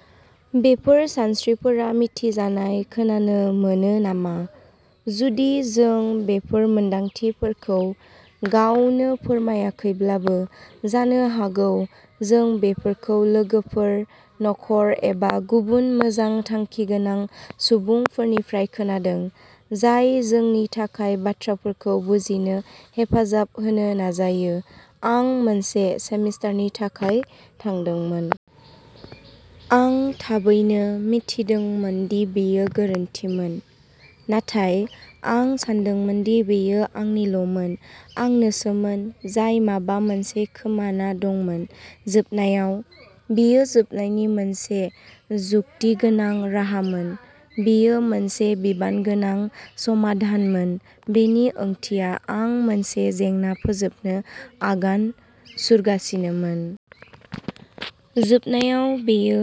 " बेफोर सानस्रिफोरा मिथिजानाय खोनानो मोनो नामा? जुदि जों बेफोर मोनदांथिफोरखौ गावनो फोरमायाखैब्लाबो, जानो हागौ जों बेफोरखौ लोगोफोर, नखर एबा गुबुन मोजां-थांखिगोनां सुबुंफोरनिफ्राय खोनादों, जाय जोंनि थाखाय बाथ्राफोरखौ बुजिनो हेफाजाब होनो नाजायो। आं मोनसे सेमिस्टारनि थाखाय थांदोंमोन। आं थाबैनो मिथिदोंमोन दि बेयो गोरोन्थिमोन, नाथाय आं सान्दोंमोन दि बेयो आंनिल'मोन। आंनोसोमोन जाय माबा मोनसे खोमाना दंमोन। जोबनायाव, बेयो जोबनायनि मोनसे जुक्तिगोनां राहामोन। बेयो मोनसे बिबानगोनां समाधानमोन। बेनि ओंथिया आं मोनसे जेंना फोजोबनो आगान सुरगासिनोमोन। जोबनायाव, बेयो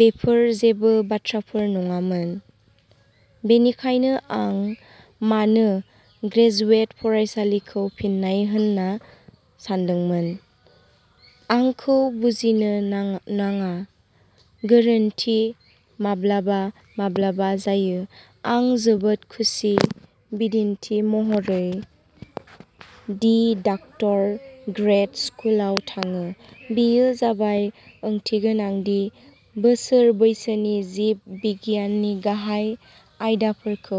बेफोर जेबो बाथ्राफोर नङामोन। बेनिखायनो आं मानो ग्रेजुवेट फरायसालिखौ फिन्नाय होनना सानदोंमोन? आंखौ बुजिनो नाङा। गोरोन्थि, माब्लाबा माब्लाबा जायो। आं जोबोद खुसि, बिदिन्थि महरै, दि डाक्टरा ग्रेद स्कुलाव थाङो। बेयो जोबोद ओंथिगोनां दि बोसोर बैसोनि जिब बिगियाननि गाहाय आयदाफोरखौ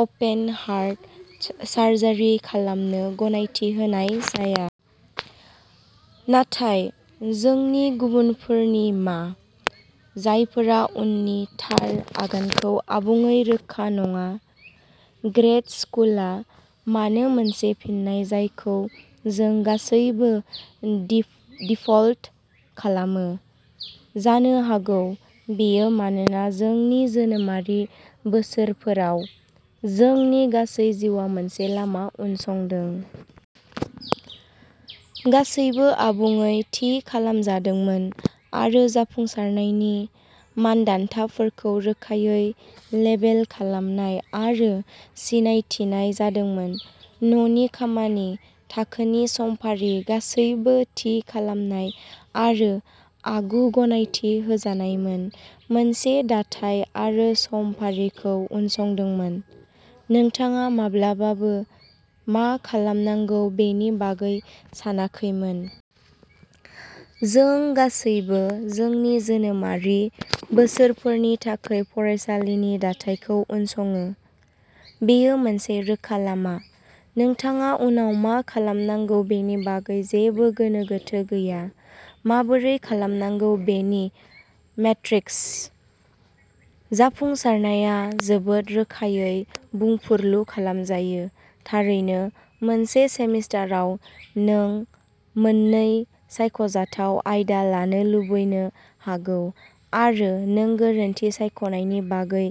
अपेन-हार्ट सार्जारि खालामनो गनायथि होनाय जाया। नाथाय, जोंनि गुबुनफोरनि मा? जायफोरा उननि "थार" आगानखौ आबुङै रोखा नङा? ग्रेद स्कुलआ मानो मोनसे फिननाय जायखौ जों गासैबो दिफल्ट खालामो? जानो हागौ बेयो मानोना जोंनि जोनोमारि बोसोरफोराव, जोंनि गासै जिउआ मोनसे लामा उनसंदोंमोन। गासैबो आबुङै थि खालामजादोंमोन आरो जाफुंसारनायनि मानदान्दाफोरखौ रोखायै लेबेल खालामनाय आरो सिनायथिनाय जादोंमोन। न'नि खामानि, थाखोनि समफारि-गासैबो थि खालामनाय आरो आगु-गनायथि होजानायमोन। मोनसे दाथाय आरो समफारिखौ उनसंदोंमोन। नोंथाङा माब्लाबाबो मा खालामनांगौ बेनि बागै सानाखैमोन। जों गासैबो जोंनि जोनोमारि बोसोरफोरनि थाखाय फरायसालिनि दाथायखौ उनसङो। बेयो मोनसे रोखा लामा। नोंथाङा उनाव मा खालामनांगौ बेनि बागै जेबो गोनो गोथो गैया। माबोरै खालामनांगौ बेनि मेट्रिक्स। जाफुंसारनाया जोबोद रोखायै बुंफुरलु खालामजायो। थारैनो, मोनसे सेमिस्टारआव नों मोननै सायख'जाथाव आयदा लानो लुबैनो हागौ आरो नों गोरोन्थि सायख'नायनि बागै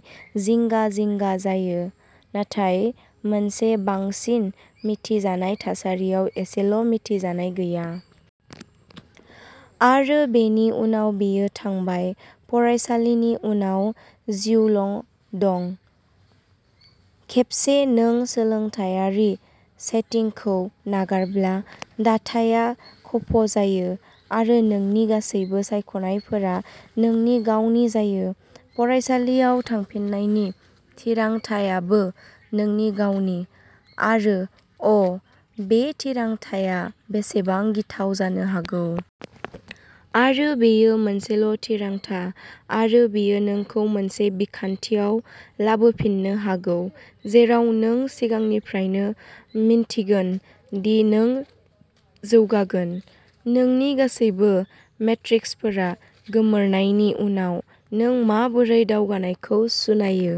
जिंगा-जिंगा जायो, नाथाय मोनसे बांसिन मिथिजानाय थासारियाव इसेल'मिथिजानाय गैया। आरो बेनि उनाव बेयो थांबाय। फरायसालिनि उनाव, जिउल'दं। खेबसे नों सोलोंथायारि सेटिंखौ नागारब्ला, दाथाइया खफ'जायो आरो नोंनि गासैबो सायख'नायफोरा नोंनि गावनि जायो। फरायसालियाव थांफिननायनि थिरांथाआबो नोंनि गावनि। आरो अ ', बे थिरांथाआ बेसेबां गिथाव जानो हागौ! आरो, बेयो मोनसेल'थिरांथा, आरो बेयो नोंखौ मोनसे बिखान्थियाव लाबोफिन्नो हागौ जेराव नों सिगांनिफ्रायनो मिन्थिगोन दि नों जौगागोन। नोंनि गासैबो मेट्रिक्सफोरा गोमोरनायनि उनाव नों माबोरै दावगानायखौ सुनायो?